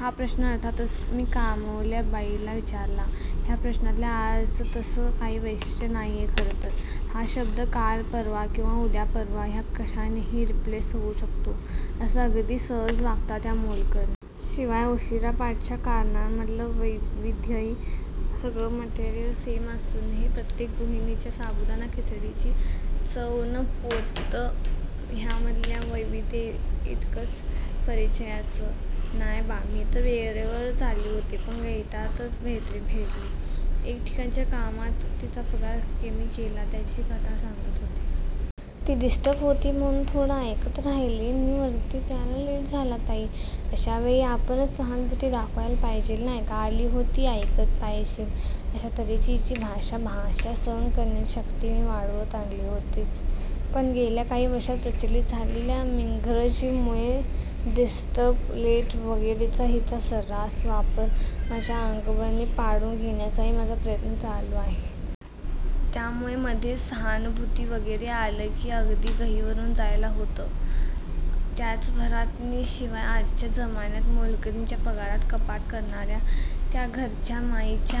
हा प्रश्न अर्थातच मी कामवाल्या बाईला विचारला. ह्या प्रश्नातल्या आज चं तसं काहीच वैशिष्टय नाहिये खरंतर! हा शब्द, काल, परवा किंवा उद्या परवा ह्या कशानेही रिप्लेस होऊ शकतो असं अगदी सहज वागतात ह्या मोलकरणी. शिवाय उशीरापाठच्या कारणांमधलं वैविध्यही, सगळं मटेरिअल सेम असूनही प्रत्येक गृहिणीच्या साबुदाणा खिचडीची चव नि पोत हयामधल्या वैविध्या इतकंच परिचयाचं! "नाय बा, मी तर वेळेवरच आली होती. पण गेटातच मैत्रिण भेटली. 'एका ठिकाणच्या कामात तिचा पगार कमी केला' त्याची कथा सांगत होती. ती डिस्टप होती म्हणून थोडं आयकत राह्यले नि वरती यायला लेट झाला ताई! अशावेळी आपणच सहाणुभूती दाखवायला पायजेल, नाय का? " आली होती, आयकत, पायजेल अशा तर्हेची हिची मराठी भाषा सहन करण्याची शक्ती मी वाढवत आणली होतीच पण गेल्या काही वर्षात प्रचलित झालेल्या मिंग्रजी मुळे डिस्टप लेट वगैरेचा हिचा सर्रास वापर माझ्या अंगवळणी पाडून घेण्याचाही माझा प्रयत्न चालू आहे. त्यामुळे मध्येच सहानुभूती वगैरे आलं की अगदी गहिवरून जायला होतं हो! त्याचभरात नि शिवाय आजच्या जमान्यात मोलकरणीच्या पगारात कपात करणारया 'त्या' घरच्या माईच्या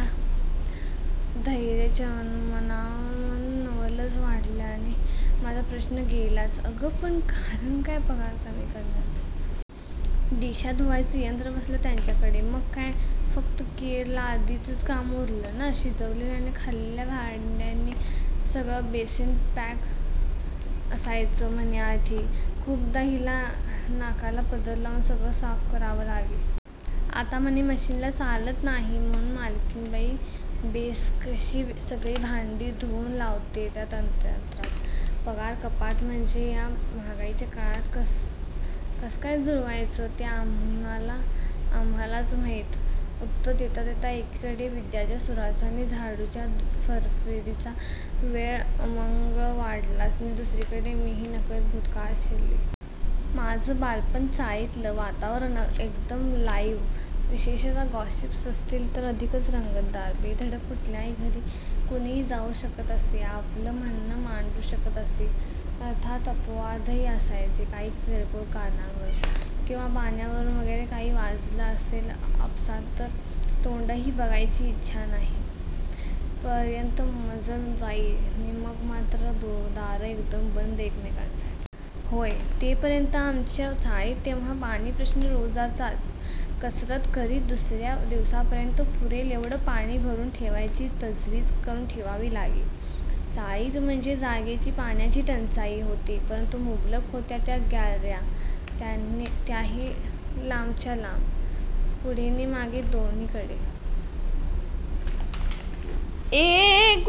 धैर्याचंमनोमन नवलच वाटल्याने माझा प्रश्न गेलाच. " अग्गं, पण कारण काय पगार कमी करण्याचं? "" डिशा धुवायचं यंत्र बसलं त्यांच्याकडे, मग काय फक्त केर-लादीचंच काम उरलं नं! शिजवलेल्या नि खाल्लेल्या भांड्यांनी सगळं बेसिन पॅक असायचं म्हणे आधी. खूपदा हिला नाकाला पदर लावून सगळं साफ करावं लागे. आता म्हणे, मशिनला चालत नाही म्हणून मालकीणबाई बेस कशी सगळी भांडी धुवून लावते त्या यंत्रात! 'पगार कपात' म्हंज्ये ह्या म्हागाईच्या काळात कस्काय जुळवायचं ते आमचं आम्हालाच म्हैत! " उत्तर देता देता एकीकडे विद्याच्या सूराचा नि झाडूच्या फरफरीचा वेग अंमळ वाढलाच नि दुसरीकडे मीही नकळत भूतकाळात शिरले. माझं बालपण चाळीतलं. वातावरण एकदम लाईव्ह! विशेषतः गॅासिप्स असतील तर अधिकच रंगतदार! बेधडक कुठल्याही घरी कुणीही जाऊ शकत असे, आपलं म्हणणं मांडू शकत असे. अर्थात् अपवादही असायचे. काही किरकोळ कारणांवरून किंवा पाण्यावरून वगैरे काही वाजलं असेल आपसात तर……… ' तोंडही बघायची इच्छा नाही' पर्यंत मजल जाई नि मग मात्र दारं बंद एकमेकांसाठी! होय!! ते पर्यंत आमच्या चाळीत तेव्हा पाणी-प्रश्न रोजचाच! कसरत करीत दुसरया दिवसापर्यंत पुरेल एवढं पाणी भरून ठेवण्याची तजवीज करून ठेवावी लागे. चाळीत म्हणजे जागेची, पाण्याची 'टंचाई' होती परंतु 'मुबलक' होत्या त्या गॅलरया. त्याही लांबच्या लांब, पुढे नि मागे दोन्हीकडे! आणि…..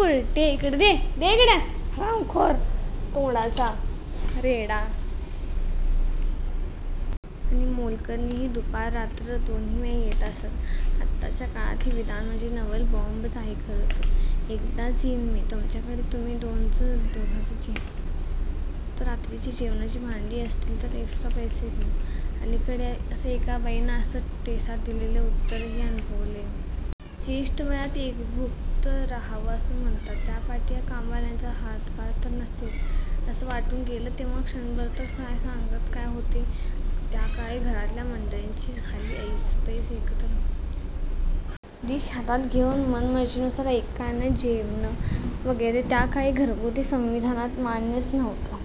मोलकरणीही दुपार-रात्र दोन्हीवेळा येत असत. आत्ताच्या काळात हे विधान म्हणजे नवल-बॅाम्ब च आहे खरं तर! " एकदाच यीन मी. तुमच्याकडे तुम्ही दोघंच जणं असलात तरी रात्रीच्या जेवणाची भांडी असतील तर एक्श्ट्रा पैसे घीन" अलीकडे, एका बाईंनं असं 'टेसात' दिलेलं उत्तरही अनुभवलंय मी! ज्येष्ठ वयात एकभुक्त रहावं असं म्हणतात त्यापाठी ह्या कामवाल्यांचा हा हातभार तर नसेल? असं वाटून गेलं तेव्हा क्षणभर! तर….. सांगत काय होते? हं! त्याकाळी घरातल्या मंडळींची खाली ऐसपैस एकत्र बसून जेवणं होत असत. डिश हातात घेऊन मनमर्जीनुसार एकेकानं जेवणं वगैरे त्याकाळी घरगुती संविधानात मान्यच नव्हतं.